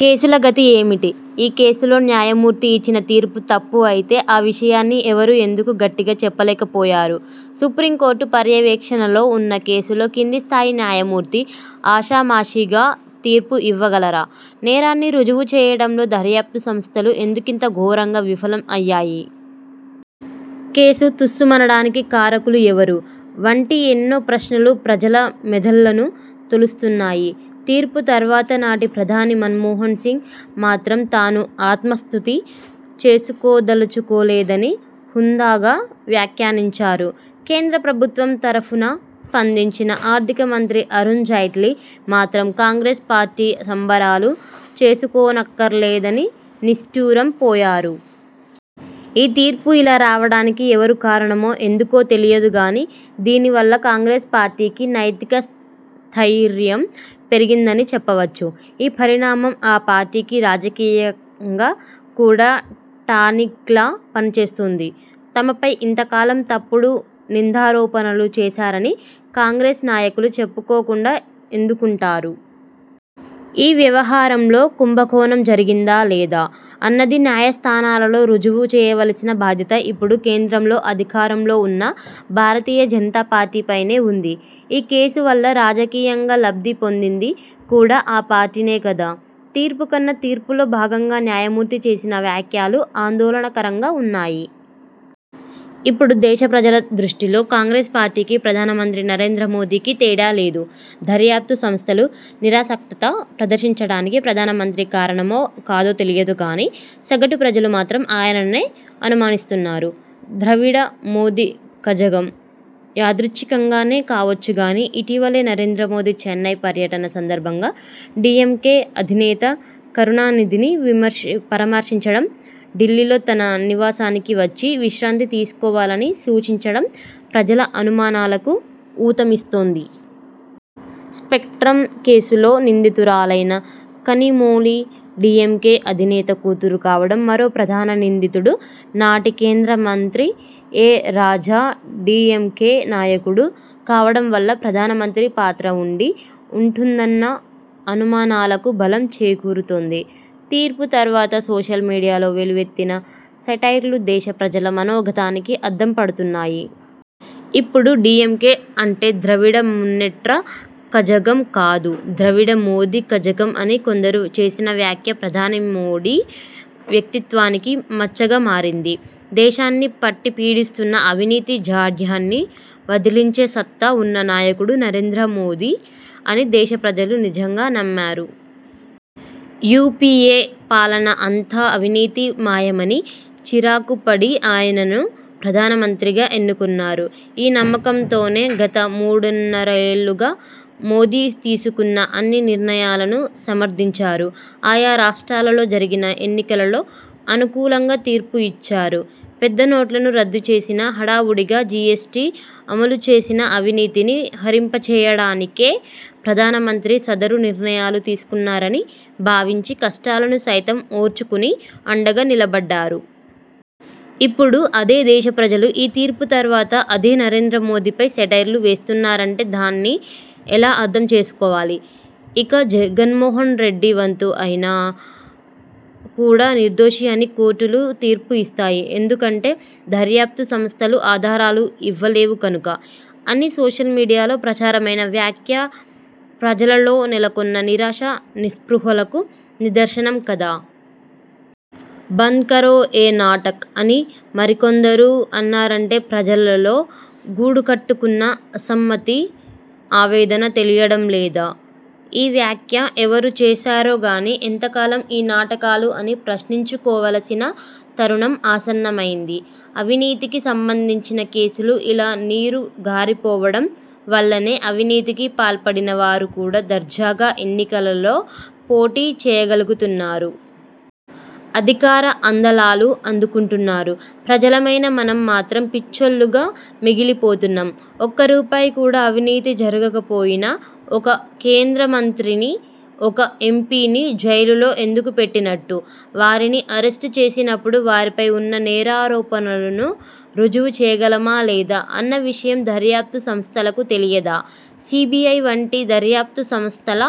కేసుల గతి ఏమిటి? ఈ కేసులో న్యాయమూర్తి ఇచ్చిన తీర్పు తప్పు అయితే ఆ విషయాన్ని ఎవరూ ఎందుకు గట్టిగా చెప్పలేకపోయారు? సుప్రీంకోర్టు పర్యవేక్షణలో ఉన్న కేసులో కిందిస్థాయి న్యాయమూర్తి ఆషామాషీగా తీర్పు ఇవ్వగలరా? నేరాన్ని రుజువు చేయడంలో దర్యాప్తు సంస్థలు ఎందుకింత ఘోరంగా విఫలం అయ్యాయి? కేసు తుస్సుమనడానికి కారకులు ఎవరు? వంటి ఎన్నో ప్రశ్నలు ప్రజల మెదళ్లను తొలుస్తున్నాయి. తీర్పు తర్వాత నాటి ప్రధాని మన్మోహన్సింగ్ మాత్రం తాను ఆత్మస్తుతి చేసుకోదలుచుకోలేదని హుందాగా వ్యాఖ్యానించారు. కేంద్ర ప్రభుత్వం తరఫున స్పందించిన ఆర్థిక మంత్రి అరుణ్ జైట్లీ మాత్రం కాంగ్రెస్ పార్టీ సంబరాలు చేసుకోనక్కర్లేదని నిష్టూరం పోయారు. ఈ తీర్పు ఇలా రావడానికి ఎవరు కారణమో, ఎందుకో తెలియదు గానీ, దీనివల్ల కాంగ్రెస్ పార్టీకి నైతిక స్థయిర్యం పెరిగిందని చెప్పవచ్చు. ఈ పరిణామం ఆ పార్టీకి రాజకీయంగా కూడా టానిక్లా పనిచేస్తుంది. తమపై ఇంతకాలం తప్పుడు నిందారోపణలు చేశారని కాంగ్రెస్ నాయకులు చెప్పుకోకుండా ఎందుకుంటారు. ఈ వ్యవహారంలో కుంభకోణం జరిగిందా? లేదా? అన్నది న్యాయస్థానాలలో రుజువు చేయవలసిన బాధ్యత ఇప్పుడు కేంద్రంలో అధికారంలో ఉన్న భారతీయ జనతా పార్టీపైనే ఉంది. ఈ కేసు వల్ల రాజకీయంగా లబ్ధి పొందింది కూడా ఆ పార్టీనే కదా! తీర్పుకన్నా తీర్పులో భాగంగా న్యాయమూర్తి చేసిన వ్యాఖ్యలు ఆందోళనకరంగా ఉన్నాయి. ఇప్పుడు దేశ ప్రజల దృష్టిలో కాంగ్రెస్ పార్టీకి, ప్రధానమంత్రి నరేంద్ర మోదీకి తేడా లేదు! దర్యాప్తు సంస్థలు నిరాసక్తత ప్రదర్శించడానికి ప్రధానమంత్రి కారణమో కాదో తెలియదు గానీ, సగటు ప్రజలు మాత్రం ఆయననే అనుమానిస్తున్నారు. ద్రవిడ మోదీ కజగం! యాథృచ్ఛికంగానే కావచ్చుగానీ ఇటీవలే నరేంద్ర మోదీ చెన్నై పర్యటన సందర్భంగా డీఎంకే అధినేత కరుణానిధిని పరామర్శించడం, ఢిల్లీలో తన నివాసానికి వచ్చి విశ్రాంతి తీసుకోవాలని సూచించడం ప్రజల అనుమానాలకు ఊతమిస్తోంది. స్పెక్ట్రమ్ కేసులో నిందితురాలైన కనిమొళి డీఎంకే అధినేత కూతురు కావడం, మరో ప్రధాన నిందితుడు, నాటి కేంద్ర మంత్రి ఎ. రాజా డీఎంకే నాయకుడు కావడం వల్ల ప్రధానమంత్రి పాత్ర ఉండి ఉంటుందన్న అనుమానాలకు బలం చేకూరుతోంది. తీర్పు తర్వాత సోషల్ మీడియాలో వెల్లువెత్తిన సెటైర్లు దేశ ప్రజల మనోగతానికి అద్దం పడుతున్నాయి. ఇప్పుడు డీఎంకే అంటే ద్రవిడ మున్నేట్ర కజగం కాదు, ద్రవిడ మోదీ కజగం అని కొందరు చేసిన వ్యాఖ్య ప్రధాని మోదీ వ్యక్తిత్వానికి మచ్చగా మారింది. దేశాన్ని పట్టి పీడిస్తున్న అవినీతి జాడ్యాన్ని వదిలించే సత్తా ఉన్న నాయకుడు నరేంద్ర మోదీ అని దేశ ప్రజలు నిజంగా నమ్మారు. యూపీఏ పాలన అంతా అవినీతి మాయమని చిరాకుపడి, ఆయనను ప్రధానమంత్రిగా ఎన్నుకున్నారు. ఈ నమ్మకంతోనే గత మూడున్నరేళ్లుగా మోదీ తీసుకున్న అన్ని నిర్ణయాలనూ సమర్థించారు. ఆయా రాష్ర్టాలలో జరిగిన ఎన్నికలలో అనుకూలంగా తీర్పు ఇచ్చారు. పెద్దనోట్లను రద్దు చేసినా, హడావుడిగా జీఎస్టీ అమలుచేసినా అవినీతిని హరింపజేయడానికే ప్రధానమంత్రి సదరు నిర్ణయాలు తీసుకున్నారని భావించి కష్టాలను సైతం ఓర్చుకుని అండగా నిలబడ్డారు. ఇప్పుడు అదే ప్రజలు ఈ తీర్పు తర్వాత అదే నరేంద్ర మోదీపై సెటైర్లు వేస్తున్నారంటే దాన్ని ఎలా అర్థం చేసుకోవాలి? 'ఇక జగన్మోహన్ రెడ్డి వంతు ఆయన కూడా నిర్దోషి అని కోర్టులు తీర్పు ఇస్తాయి. ఎందుకంటే దర్యాప్తు సంస్థలు ఆధారాలు ఇవ్వలేవు కనుక' అని సోషల్ మీడియాలో ప్రచారమైన వ్యాఖ్య ప్రజలలో నెలకొన్న నిరాశా నిస్పృహలకు నిదర్శనం కాదా! 'బంద్ కరో ఏ నాటక్' అని మరికొందరు అన్నారంటే ప్రజలలో గూడుకట్టుకున్న అసమ్మతి, ఆవేదన తెలియడం లేదా? ఈ వ్యాఖ్య ఎవరు చేశారో గానీ ఎంతకాలం ఈ నాటకాలు అని ప్రశ్నించుకోవలసిన తరుణం ఆసన్నమైంది. అవినీతికి సంబంధించిన కేసులు ఇలా నీరు గారిపోవడం వల్లనే అవినీతికి పాల్పడిన వారు కూడా దర్జాగా ఎన్నికలలో పోటీ చేయగలుగుతున్నారు. అధికార అందలాలు అందుకుంటున్నారు. ప్రజలమైన మనం మాత్రం పిచ్చోళ్లుగా మిగిలి పోతున్నాం. ఒక్క రూపాయి కూడా అవినీతి జరగకపోయినా ఒక కేంద్ర మంత్రిని, ఒక ఎంపీని జైలులో ఎందుకు పెట్టినట్టు? వారిని అరెస్ట్ చేసినప్పుడు వారిపై ఉన్న నేరారోపణను రుజువు చేయగలమా? లేదా? అన్న విషయం దర్యాప్తు సంస్థలకు తెలియదా? సీబీఐ వంటి దర్యాప్తు సంస్థల